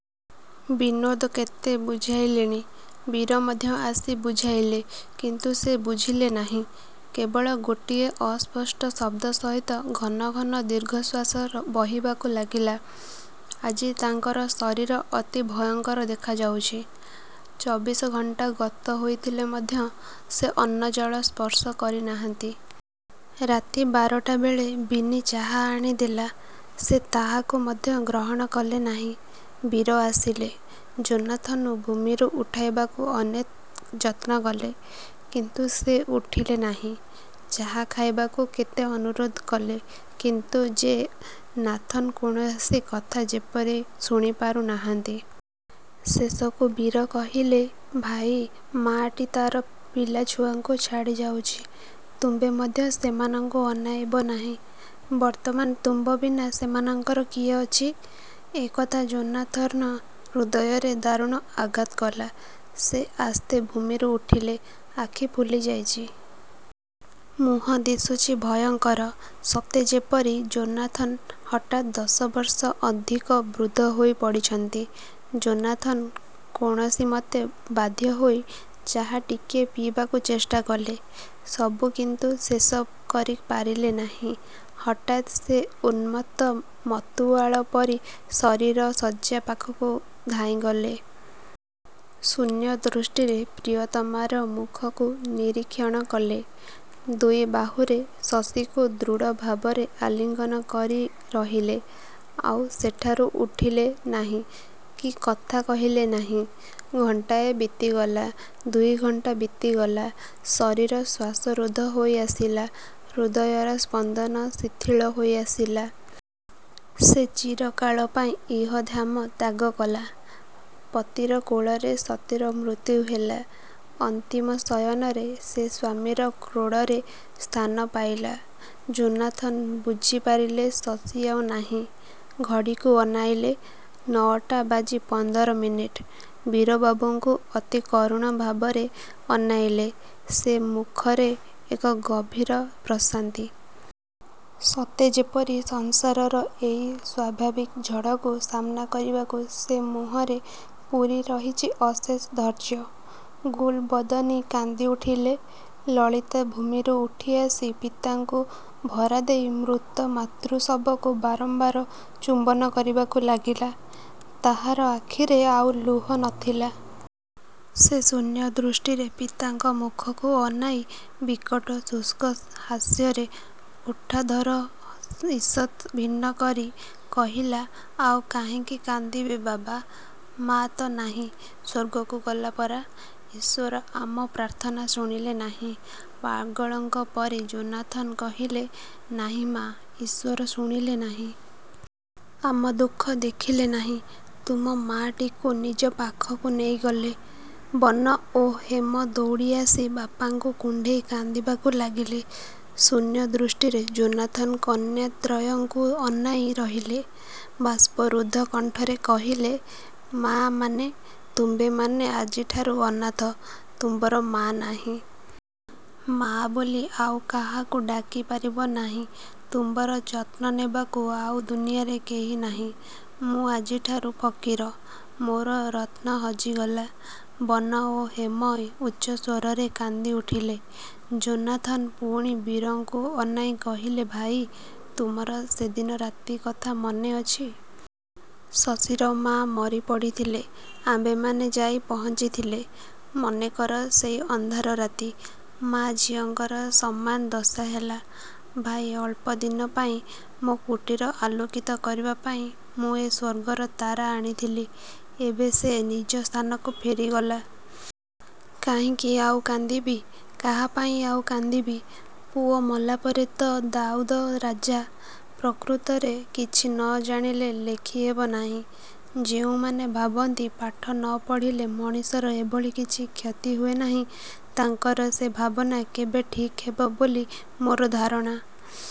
ବିନୋଦ କେତେ ବୁଝାଇଲେଣି। ବୀର ମଧ୍ୟ ଆସି ବୁଝାଇଲେ। କିନ୍ତୁ ସେ ବୁଝିଲେ ନାହିଁ। କେବଳ ଗୋଟାଏ ଅସ୍ପଷ୍ଟ ଶବ୍ଦ ସହିତ ଘନଘନ ଦୀର୍ଘ-ଶ୍ୱାସ ବହିବାକୁ ଲାଗିଲା। ଆଜି ତାଙ୍କର ଶରୀର ଅତି ଭୟଂକର ଦେଖାଯାଉଚି। ଚବିଶ ଘଣ୍ଟା ଗତ ହୋଇଥିଲେ ବି ସେ ଅନ୍ନ ଜଳ ସ୍ପର୍ଶ କରି ନାହାନ୍ତି। ରାତି ବାରଟା ବେଳେ ବିନି ଚାହା ଆଣି ଦେଲା। ସେ ତାହାକୁ ମଧ୍ୟ ଗ୍ରହଣ କଲେନାହିଁ। ବୀର ଆସିଲେ। ଯୋନାଥନ୍କୁ ଭୂମିରୁ ଉଠାଇବାକୁ ଅନେକ ଯତ୍ନ କଲେ; କିନ୍ତୁ ସେ ଉଠିଲେ ନାହିଁ-। ଚାହା ଖାଇବାକୁ କେତେ ଅନୁରୋଧ କଲେ। କିନ୍ତୁ ଯେ ନାଥନ୍ କୌଣସି କଥା ଯେପରି ଶୁଣିପାରୁ ନଥାନ୍ତି। ଶେଷକୁ ବୀର କହିଲେ "ଭାଇ, ମା'ଟି ତାର ପିଲାଛୁଆଙ୍କୁ ଛାଡ଼ି ଯାଉଚି। ତୁମ୍ଭେ ମଧ୍ୟ ସେମାନଙ୍କୁ ଅନାଇବ ନାହିଁ; ବର୍ତ୍ତମାନ ତୁମ୍ଭବିନା ସେମାନଙ୍କର କିଏ ଅଛି? " ଏକଥା ଯୋନାଥନ୍ର ହୃଦୟରେ ଦାରୁଣ ଆଘାତ କଲା। ସେ ଆସ୍ତେ ଭୂମିରୁ ଉଠିଲେ। ଆଖି ଫୁଲି ଯାଇଚି। ମୁହଁ ଦିଶୁଛି ଭୟଂକର। ସତେ ଯେପରି ଯୋନାଥନ୍ ହଠାତ୍ ଦଶବର୍ଷ ଅଧିକ ବୃଦ୍ଧ ହୋଇ ପଡ଼ିଚନ୍ତି। ଯୋନାଥନ୍ କୌଣସିମତେ ବାଧ୍ୟ ହୋଇ ଚାହା ଟିକିଏ ପିଇବାକୁ ଚେଷ୍ଟା କଲେ-। ସବୁ କିନ୍ତୁ ଶେଷ କରି ପାରିଲେ ନାହିଁ। ହଠାତ୍ ସେ ଉନ୍ମତ୍ତ ମତୁଆଳ ପରି ଶଶୀର ଶଯ୍ୟା ପାଖକୁ ଧାଇଁଗଲେ। ଶୂନ୍ୟ ଦୃଷ୍ଟିରେ ପ୍ରିୟତମାର ମୁଖକୁ ନିରୀକ୍ଷଣ କଲେ। ଦୁଇ ବାହୁରେ ଶଶୀକୁ ଦୃଢ଼ଭାବରେ ଆଲିଙ୍ଗନ କରି ରହିଲେ। ଆଉ ସେଠାରୁ ଉଠିଲେ ନାହିଁ କି କଥା କହିଲେ ନାହିଁ। ଘଣ୍ଟାଏ ବିତିଗଲା। ଦୁଇଘଣ୍ଟା ବିତିଗଲା। ଶଶୀର ଶ୍ୱାସ ରୁଦ୍ଧ ହୋଇ ଆସିଲା। ହୃଦୟର ସ୍ପନ୍ଦନ ଶିଥିଳ ହୋଇ ଆସିଲା। ସେ ଚିରକାଳ ପାଇଁ ଇହଧାମ ତ୍ୟାଗ କଲା। ପତିରକୋଳରେ ସତୀର ମୃତ୍ୟୁ ହେଲା। ଅନ୍ତିମ ଶୟନରେ ସେ ସ୍ୱାମୀର କ୍ରୋଡ଼ରେ ସ୍ଥାନ ପାଇଲା। ଯୋନାଥନ୍ ବୁଝିପାରିଲେ ଶଶୀ ଆଉ ନାହିଁ। ଘଡ଼ିକୁ ଅନାଇଲେ। ନଅଟା ବାଜି ପନ୍ଦର ମିନିଟ। ବୀରବାବୁଙ୍କୁ ଅତିକରୁଣ ଭାବରେ ଅନାଇଲେ। ସେ ମୁଖରେ ଏକ ଗଭୀର ପ୍ରଶାନ୍ତି। ସତେ ଯେପରି ସଂସାରର ଏଇ ସ୍ୱାଭାବିକ ଝଡ଼କୁ ସାମ୍ନା କରିବାକୁ ସେ ମୁହଁରେ ପୂରି ରହିଚି ଅଶେଷ ଧୈର୍ଯ୍ୟ। ଗୁଲ୍ ବଦନୀ କାନ୍ଦି ଉଠିଲେ। ଲଳିତା ଭୂମିରୁ ଉଠିଆସି ପିତାଙ୍କୁ ଭରାଦେଇ ମୃତ ମାତୃ ଶବକୁ ବାରମ୍ୱାର ଚୁମ୍ୱନ କରିବାକୁ ଲାଗିଲା। ତାହାର ଆଖିରେ ଆଉ ଲୁହ ନଥିଲା। ସେ ଶୂନ୍ୟ ଦୃଷ୍ଟିରେ ପିତାଙ୍କ ମୁଖକୁ ଅନାଇ ବିକଟ ଶୁଷ୍କ ହାସ୍ୟରେ ଓଷ୍ଠାଧର ଈଷତ୍ ଭିନ୍ନ କରି କହିଲା "ଆଉ କାହିଁକି କାନ୍ଦିବି ବାବା, ମା' ତ ନାହିଁ। ସ୍ୱର୍ଗକୁ ଗଲା ପରା! ଈଶ୍ୱର ଆମ ପ୍ରାର୍ଥନା ଶୁଣିଲେ ନାହିଁ। " ପାଗଳଙ୍କ ପରି ଯୋନାଥନ୍ କହିଲେ "ନାହିଁ ମା, ଈଶ୍ୱର ଶୁଣିଲେ ନାହିଁ। ଆମ ଦୁଃଖ ଦେଖିଲେ ନାହିଁ। ତୁମ ମା'ଟିକୁ ନିଜପାଖକୁ ନେଇଗଲେ। " ବନ ଓ ହେମ ଦୌଡ଼ି ଆସି ବାପାଙ୍କୁ କୁଣ୍ଢେଇ କାନ୍ଦିବାବୁ ଲାଗିଲେ। ଶୂନ୍ୟ ଦୃଷ୍ଟିରେ ଯୋନାଥନ୍ କନ୍ୟା ତ୍ରୟଙ୍କୁ ଅନାଇଁ ରହିଲେ। ବାଷ୍ପରୁଦ୍ଧ କଣ୍ଠରେ କହିଲେ "ମାମାନେ, ତୁମ୍ଭେମାନେ ଆଜିଠାରୁ ଅନାଥ। ତୁମ୍ଭର ମା ନାହିଁ। ମାଆ ବୋଲି ଆଉ କାହାକୁ ଡାକି ପାରିବ ନାହିଁ। ତୁମ୍ଭର ଯତ୍ନ ନେବାକୁ ଆଉ ଦୁନିଆରେ କେହି ନାହିଁ। ମୁଁ ଆଜିଠାରୁ ଫକୀର, ମୋର ରତ୍ନ ହଜିଗଲା। " ବନ ଓ ହେମ ଉଚ୍ଚସ୍ୱରରେ କାନ୍ଦିଉଠିଲେ। ଯୋନାଥନ୍ ପୁଣି ବୀରଙ୍କୁ ଅନାଇଁ କହିଲେ "ଭାଇ, ତୁମର ସେଦିନ ରାତି କଥା ମନେ ଅଛି। ଶଶୀର ମାଆ ମରି ପଡ଼ିଥିଲେ। ଆମ୍ଭେମାନେ ଯାଇ ପହଞ୍ଚିଥିଲେ। ମନେ କର, ସେଇ ଅନ୍ଧାର ରାତି। ମା ଝିଅଙ୍କର ସମାନ ଦଶା ହେଲା। ଭାଇ, ଅଳ୍ପଦିନ ପାଇଁ ମୋ କୁଟୀର ଆଲୋକିତ କରିବା ପାଇଁ ମୁଁ ଏ ସ୍ୱର୍ଗର ତାରା ଆଣିଥିଲି। ଏବେ ସେ ନିଜ ସ୍ଥାନକୁ ଫେରିଗଲା। କାହିଁକି ଆଉ କାନ୍ଦିବି? କାହାପାଇଁ ଆଉ କାନ୍ଦିବି? ପୁଅ ମଲାପରେ ତ ଦାଉଦ ରାଜା। ପ୍ରକୃତରେ କିଛି ନ ଜାଣିଲେ ଲେଖିହେବ ନାହିଁ-। ଯେଉଁମାନେ ଭାବନ୍ତି ପାଠ ନ ପଢ଼ିଲେ ମଣିଷର ଏଭଳି କିଛି କ୍ଷତି ହୁଏ ନାହିଁ, ତାଙ୍କର ସେ ଭାବନା କେବେ ଠିକ୍ ନୁହେଁ ବୋଲି ମୋର ଧାରଣା।